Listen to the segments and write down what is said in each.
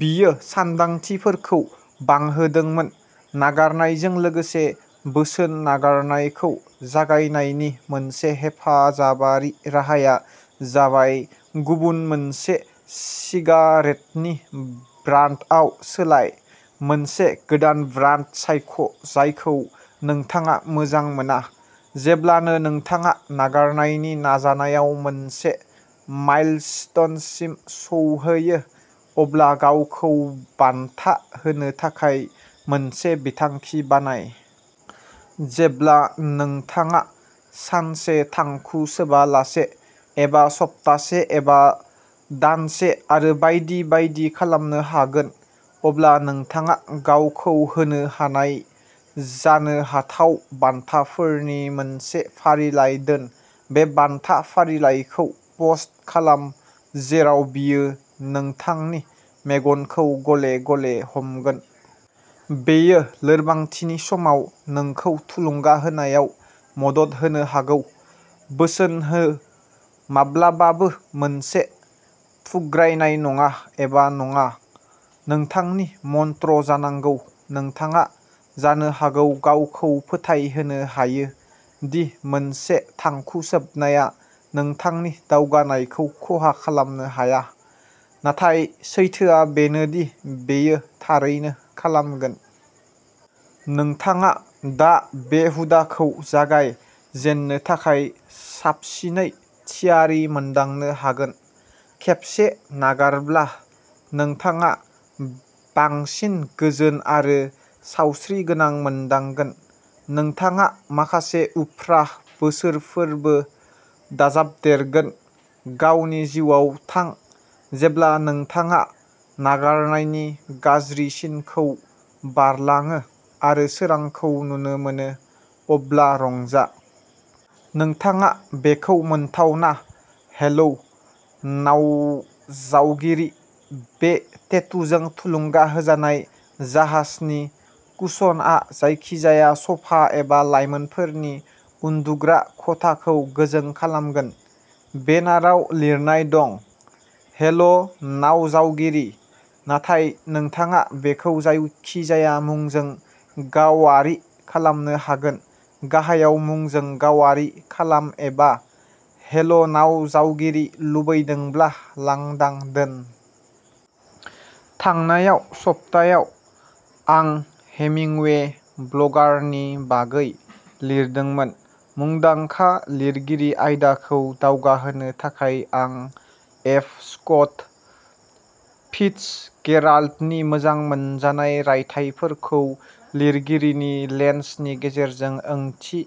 बेयो सान्दांथिफोरखौ बांहोदोंमोन। नागारनायजों लोगोसे। बोसोन! नागारनायखौ जागायनायनि मोनसे हेफाजाबारि राहाया जाबाय गुबुन मोनसे सिगारेटनि ब्रान्डआव सोलाय। मोनसे गोदान ब्रान्ड सायख'जायखौ नोंथाङा मोजां मोना। जेब्लानो नोंथाङा नागारनायनि नाजानायाव मोनसे माइलस्टोनसिम सौहैयो, अब्ला गावखौ बान्था होनो थाखाय मोनसे बिथांखि बानाय। जेब्ला नोंथाङा सानसे थांखु सोबालासे, एबा सप्तासे, एबा दानसे, आरो बायदि बायदि खालामनो हागोन, अब्ला नोंथाङा गावखौ होनो हानाय जानो हाथाव बान्थाफोरनि मोनसे फारिलाइ दोन। बे बान्था फारिलाइखौ पस्ट खालाम जेराव बेयो नोंथांनि मेगनखौ गले-गले हमगोन। बेयो लोरबांथिनि समाव नोंखौ थुलुंगा होनायाव मदद होनो हागौ। बोसोन हो! "माब्लाबाबो मोनसे फुग्रायनाय नङा" एबा "नङा" नोंथांनि मन्त्र जानांगौ। नोंथाङा जानो हागौ गावखौ फोथायहोनो हायो दि मोनसे थांखु सोबनाया नोंथांनि दावगानायखौ खहा खालामनो हाया, नाथाय सैथोआ बेनो दि बेयो थारैनो खालामगोन। नोंथाङा दा बे हुदाखौ जागाय जेननो थाखाय साबसिनै थियारि मोनदांनो हागोन। खेबसे नागारब्ला, नोंथाङा बांसिन गोजोन आरो सावस्रिगोनां मोनदांगोन। नोंथाङा माखासे उफ्रा बोसोरफोरबो दाजाबदेरगोन। गावनि जिउआव थां। जेब्ला नोंथाङा नागारनायनि गाज्रिसिनखौ बारलाङो आरो सोरांखौ नुनो मोनो, अब्ला रंजा! नोंथाङा बेखौ मोनथावना! हेलो नावजावगिरि! बे टेटुजों थुलुंगा होजानाय जाहाजनि कुशनआ जायखिजाया स'फा एबा लाइमोनफोरनि उन्दुग्रा खथाखौ गोजों खालामगोन। बेनाराव लिरनाय दं "हेल'नावजावगिरि! " नाथाय नोंथाङा बेखौ जायखिजाया मुंजों गावारि खालामनो हागोन। गाहायाव मुंजों गावारि खालाम एबा हेल'नावजावगिरि लुबैदोंब्ला लांदां दोन! थांनाय सप्तायाव, आं हेमिंगवे, ब्लगारनि बागै लिरदोंमोन। मुंदांखा-लिरगिरि आयदाखौ दावगाहोनो थाखाय, आं एफ. स्कट फ्टिजगेराल्डनि मोजां मोनजानाय रायथाइफोरखौ-लिरगिरिनि लेन्सनि गेजेरजों ओंथि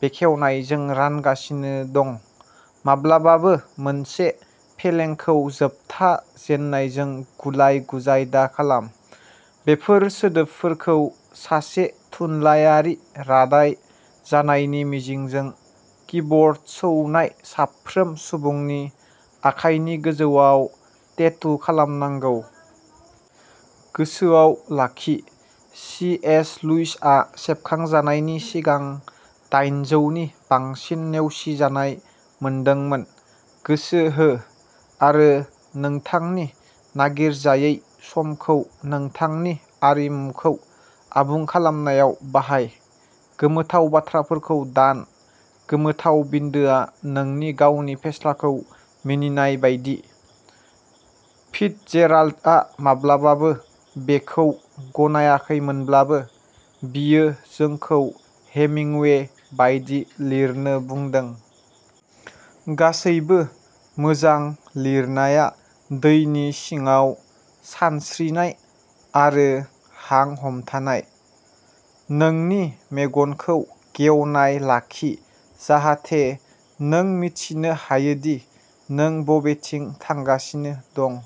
बेखेवनायजों-रानगासिनो दं। "माब्लाबाबो मोनसे फेलेंखौ जोबथा जेननायजों गुलाय-गुजाय दाखालाम। " बेफोर सोदोबफोरखौ सासे थुनलायारि रादाय जानायनि मिजिंजों किबर्ड सौनाय साफ्रोम सुबुंनि आखाइनि गोजौआव टेटु खालामनांगौ। गोसोआव लाखि, सी. एस. लुइसआ सेबखांजानायनि सिगां दाइनजौनि बांसिन नेवसिजानाय मोनदोंमोन। गोसो हो आरो नोंथांनि "नागिरजायै" समखौ नोंथांनि आरिमुखौ आबुं खालामनायाव बाहाय। "गोमोथाव बाथ्राफोरखौ दान। गोमोथाव बिन्दोआ नोंनि गावनि फेस्लाखौ मिनिनाय बायदि। "फिटजेराल्डआ माब्लाबाबो बेखौ गनायाखैमोनब्लाबो, बियो जोंखौ हेमिंवे बायदि लिरनो बुंदों। " गासैबो मोजां लिरनाया दैनि सिङाव सानस्रिनाय आरो हां हमथानाय। "नोंनि मेगनखौ गेवनाय लाखि जाहाथे नों मिथिनो हायो दि नों बबेथिं थांगासिनो दं।